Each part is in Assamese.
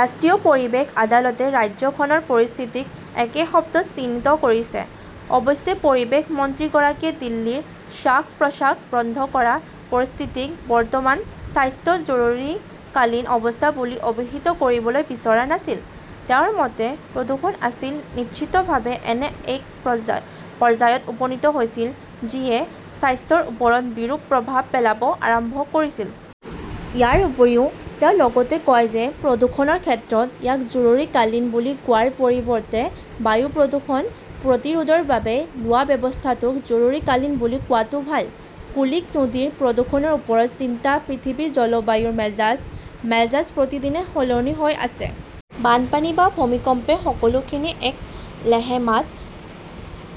ৰাষ্ট্ৰীয় পৰিৱেশ আদালতে ৰাজ্যখনৰ পৰিস্থিতিক একে শব্দত চিহ্নিত কৰিছে। অৱশ্যে, পৰিৱেশ মন্ত্ৰীগৰাকীয়ে দিল্লীৰ শ্বাস-প্ৰশ্বাস বন্ধ কৰা পৰিস্থিতিক বৰ্তমানৰ 'স্বাস্থ্য জৰুৰীকালীন অৱস্থা বুলি অভিহিত কৰিবলৈ বিচৰা নাছিল। তেওঁৰ মতে, প্ৰদূষণ আছিল, নিশ্চিতভাৱে এনে এক পৰ্যায়ত উপনীত হৈছিল যিয়ে স্বাস্থ্যৰ ওপৰত বিৰূপ প্ৰভাৱ পেলাব আৰম্ভ কৰিছিল। ইয়াৰ উপৰিও, তেওঁ লগতে কয় যে প্ৰদূষণৰ ক্ষেত্ৰত ইয়াক জৰুৰীকালীন বুলি কোৱাৰ পৰিৱৰ্তে বায়ু প্ৰদূষণ প্ৰতিৰোধৰ বাবে লোৱা ব্যৱস্থাটোক জৰুৰীকালীন বুলি কোৱাটো ভাল। কুলিক নদীৰ প্ৰদূষণৰ ওপৰত চিন্তা পৃথিৱীৰ জলবায়ুৰ মেজাজ, মেজাজ প্ৰতিদিনে সলনি হৈ আছে। বানপানী বা ভূমিকম্পে সকলোখিনি এক লেহেমাত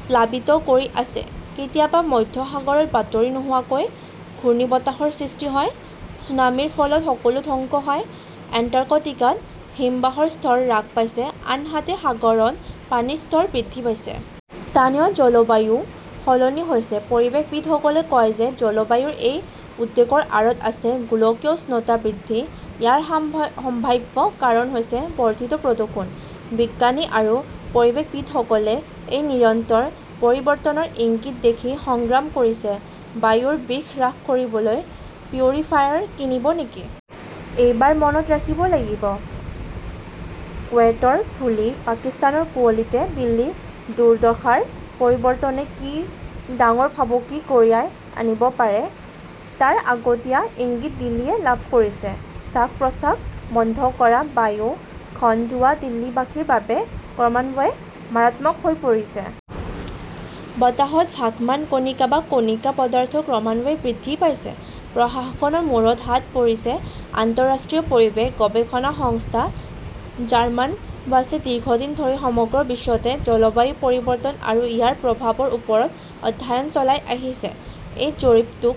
প্লাবিত কৰি আছে। কেতিয়াবা মধ্য সাগৰত বাতৰি নোহোৱাকৈ ঘূৰ্ণীবতাহৰ সৃষ্টি হয়, ছুনামিৰ ফলত সকলো ধ্বংস হয়। এণ্টাৰ্কটিকাত হিমবাহৰ স্তৰ হ্ৰাস পাইছে, আনহাতে সাগৰত পানীৰ স্তৰ বৃদ্ধি পাইছে। স্থানীয় জলবায়ুও সলনি হৈছে। পৰিৱেশবিদসকলে কয় যে জলবায়ুৰ এই উদ্বেগৰ আঁৰত আছে গোলকীয় উষ্ণতা বৃদ্ধি। ইয়াৰ সম্ভাৱ্য কাৰণ হৈছে বৰ্ধিত প্ৰদূষণ। বিজ্ঞানী আৰু পৰিৱেশবিদসকলে এই নিৰন্তৰ পৰিৱৰ্তনৰ ইংগিত দেখি সংগ্ৰাম কৰিছে। বায়ুৰ বিষ হ্ৰাস কৰিবলৈ পিউৰিফায়াৰ কিনিব নেকি? এইবোৰ মনত ৰাখিব লাগিব, কুৱেইটৰ ধূলি, পাকিস্তানৰ কুঁৱলীতে দিল্লীৰ দুৰ্দশাৰ পৰিৱৰ্তনে কি ডাঙৰ ভাবুকি কঢ়িয়াই আনিব পাৰে তাৰ আগতীয়া ইংগিত দিল্লীয়ে লাভ কৰিছে। শ্বাস-প্ৰশ্বাস বন্ধ কৰা বায়ু, ঘন ধোঁৱা দিল্লীবাসীৰ বাবে ক্ৰমান্বয়ে মাৰাত্মক হৈ পৰিছে। বতাহত ভাসমান কণিকা বা কণিকা পদাৰ্থ ক্ৰমান্বয়ে বৃদ্ধি পাইছে। প্ৰশাসনৰ মূৰত হাত পৰিছে। আন্তঃৰাষ্ট্ৰীয় পৰিৱেশ গৱেষণা সংস্থা জাৰ্মানৱাচে দীৰ্ঘদিন ধৰি সমগ্ৰ বিশ্বতে জলবায়ু পৰিৱৰ্তন আৰু ইয়াৰ প্ৰভাৱৰ ওপৰত অধ্যয়ন চলাই আহিছে। এই জৰীপটোক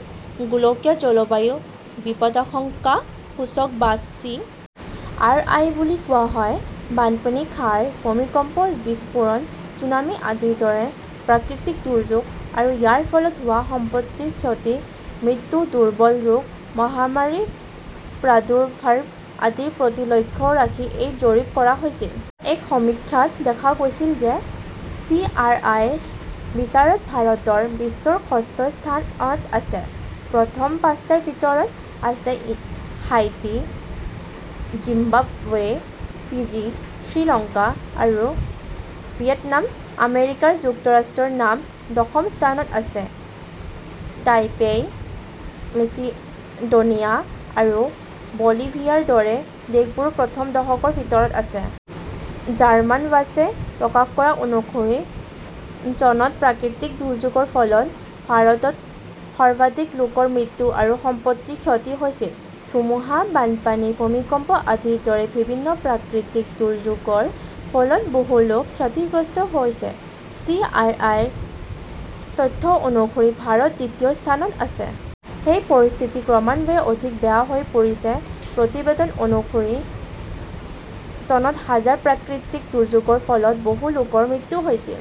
গোলকীয় জলবায়ু বিপদাশংকা সূচক বা চি. আৰ. আই. বুলি কোৱা হয়। বানপানী, ক্ষাৰ, ভূমিকম্প, বিস্ফোৰণ, ছুনামি আদিৰ দৰে প্ৰাকৃতিক দুৰ্যোগ আৰু ইয়াৰ ফলত হোৱা সম্পত্তিৰ ক্ষতি, মৃত্যু, দুৰ্বল ৰোগ, মহামাৰীৰ প্ৰাদুৰ্ভাৱ আদিৰ প্ৰতি লক্ষ্য ৰাখি এই জৰীপ কৰা হৈছিল। চনৰ এক সমীক্ষাত দেখা গৈছিল যে চি. আৰ. আই. -ৰ বিচাৰত ভাৰত বিশ্বৰ ষষ্ঠ স্থানত আছে। প্ৰথম পাঁচটাৰ ভিতৰত আছে হাইতি, জিম্বাবৱে, ফিজি, শ্ৰীলংকা আৰু ভিয়েটনাম। আমেৰিকা যুক্তৰাষ্ট্ৰৰ নাম দশম স্থানত আছে। টাইপেই, মেচিডোনিয়া আৰু বলিভিয়াৰ দৰে দেশবোৰো প্ৰথম দহৰ ভিতৰত আছে। জাৰ্মানৱাচে প্ৰকাশ কৰা অনুসৰি, চনত প্ৰাকৃতিক দুৰ্যোগৰ ফলত ভাৰতত সৰ্বাধিক লোকৰ মৃত্যু আৰু সম্পত্তিৰ ক্ষতি হৈছিল। ধুমুহা, বানপানী, ভূমিকম্প আদিৰ দৰে বিভিন্ন প্ৰাকৃতিক দুৰ্যোগৰ ফলত বহু লোক ক্ষতিগ্ৰস্ত হৈছে। চি. আৰ. আই. -ৰ তথ্য অনুসৰি ভাৰত দ্বিতীয় স্থানত আছিল। সেই পৰিস্থিতি ক্ৰমান্বয়ে অধিক বেয়া হৈ পৰিছে। প্ৰতিবেদন অনুসৰি, চনত হাজাৰ প্ৰাকৃতিক দুৰ্যোগৰ ফলত বহু লোকৰ মৃত্যু হৈছিল।